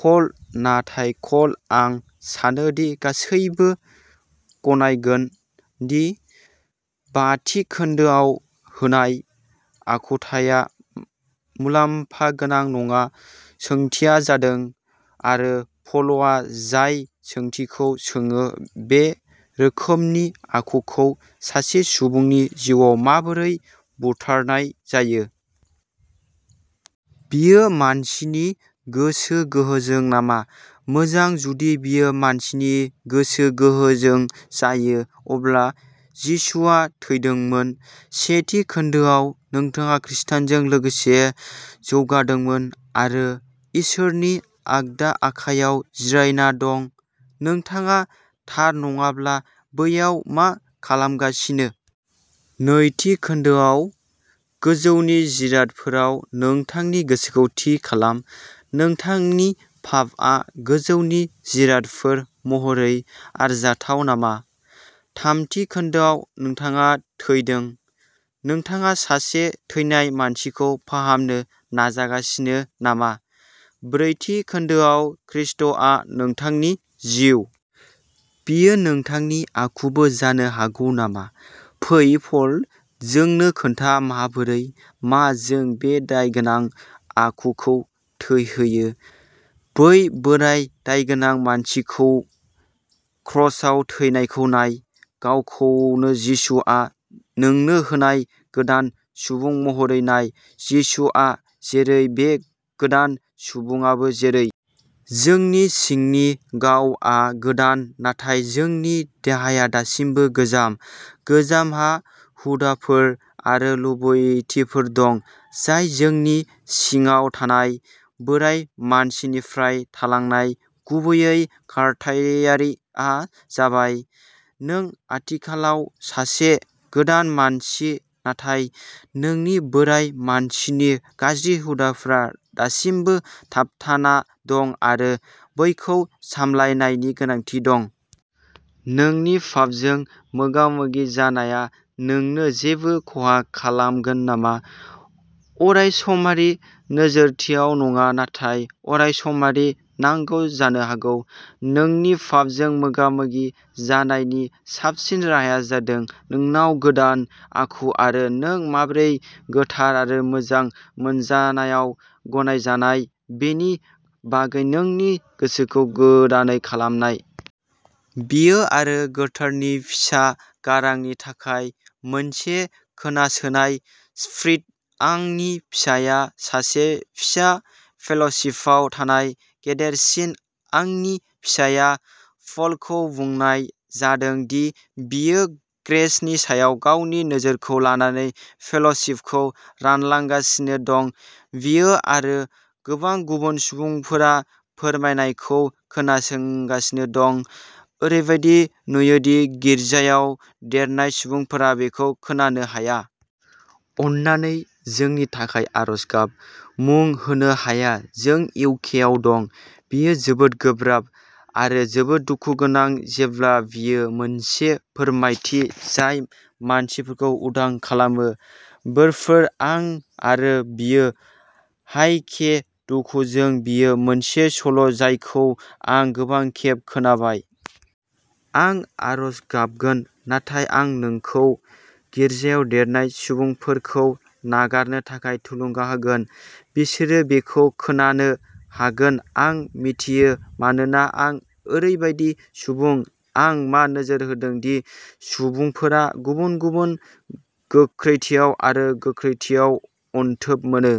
Call. नाथाय कल. आं सानो दि गासैबो गनायगोन दि बा थि खोन्दोआव होनाय आखुथाया मुलाम्फा गोनां नङा। सोंथिया जादों, आरो प'लआ जाय सोंथिखौ सोङो, बे रोखोमनि आखुखौ सासे सुबुंनि जिउआव माबोरै बुथारनाय जायो? बेयो मानसिनि गोसो गोहोजों नामा? मोजां, जुदि बेयो मानसिनि गोसो गोहोजों जायो, अब्ला जिसुआ थैदोंमोन। से थि खोन्दोआव, नोंथाङा खृष्टजों लोगोसे जौगादोंमोन आरो इसोरनि आगदा आखायाव जिरायना दं। नोंथाङा गोथार नङाब्ला बैयाव मा खालामगासिनो? नै थि खोन्दोआव, गोजौनि जिरादफोराव नोंथांनि गोसोखौ थि खालाम। नोंथांनि पापआ गोजौनि जिरादफोर महरै आरजाथाव नामा? थाम थि खोन्दोआव, नोंथाङा थैदों। नोंथाङा सासे थैनाय मानसिखौ फाहामनो नाजागासिनो नामा? ब्रै थि खोन्दोआव, खृष्टआ नोंथांनि जिउ। बेयो नोंथांनि आखुबो जानो हागौ नामा? फै, प'ल, जोंनो खोन्था, माबोरै? मा जों बे दायगोनां आखुखौ थैहोयो? बै बोराय दायगोनां मानसिखौ क्रसआव थैनायखौ नाय। गावखौनो जिसुआ नोंनो होनाय गोदान सुबुं महरै नाय। जिसुआ जेरै, बे गोदान सुबुंआबो जेरै। जोंनि सिंनि गावआ गोदान, नाथाय जोंनि देहाया दासिमबो गोजाम। गोजामहा हुदाफोर आरो लुबैथिफोर दं जाय जोंनि सिङाव थानाय बोराय मानसिनिफ्राय थालांनाय। गुबैयै खारथायारिआ जाबाय नों आथिखालाव सासे गोदान मानसि नाथाय नोंनि बोराय मानसिनि गाज्रि हुदाफोरा दासिमबो थाबथाना दं आरो बेखौ सामलायनायनि गोनांथि दं। नोंनि पापजों मोगा-मोगि जानाया नोंनो जेबो खहा खालामगोन नामा? अरायसमारि नोजोरथियाव नङा नाथाय अरायसमारि नंगौ जानो हागौ। नोंनि पापजों "मोगा-मोगि" जानायनि साबसिन राहाया जादों नोंनाव गोदान आखु आरो नों माबोरै गोथार आरो मोजां मोनजानायाव गनायजानाय बेनि बागै नोंनि गोसोखौ गोदानै खालामनाय। बेयो आरो गोथारनि फिसा गारांनि थाखाय मोनसे खोनासोनाय। स्पिरिट। आंनि फिसाय, सासे फिसा फेल'शिपआव थानाय गेदेरसिन, आंनि फिसाय पलखौ बुंनाय जादों दि बियो ग्रेसनि सायाव गावनि नोजोरखौ लानानै फेल'शिपखौ रानलांगासिनो दं। बियो आरो गोबां गुबुन सुबुंफोरा फोरमायनायखौ मोनगासिनो दं, ओरैबायदि नुयो दि गिर्जायाव देरनाय सुबुंफोरा बेखौ'खोनानो'हाया। अन्नानै जोंनि थाखाय आरज गाब। मुं होनो हाया, जों इउ. के. आव दं। बेयो जोबोद गोब्राब आरो जोबोद दुखु गोनां जेब्ला बेयो मोनसे फोरमायथि जाय मानसिफोरखौ उदां खालामो!! बोरफोर। आं आरो बियो! हाय के, दुखुजों बेयो मोनसे सल'जायखौ आं गोबां खेब खोनाबाय। आं आरज गाबगोन। नाथाय आं नोंखौ गिर्जायाव देरनाय सुबुंफोरखौ नागारनो थाखाय थुलुंगा होगोन। बिसोरो बेखौ खोनानो हागोन-आं मिथियो, मानोना आं ओरैबायदि सुबुं। आं मा नोजोर होदों दि सुबुंफोरा गुबुन-गुबुन गोख्रैथियाव आरो गोख्रैथियाव अनथोब मोनो।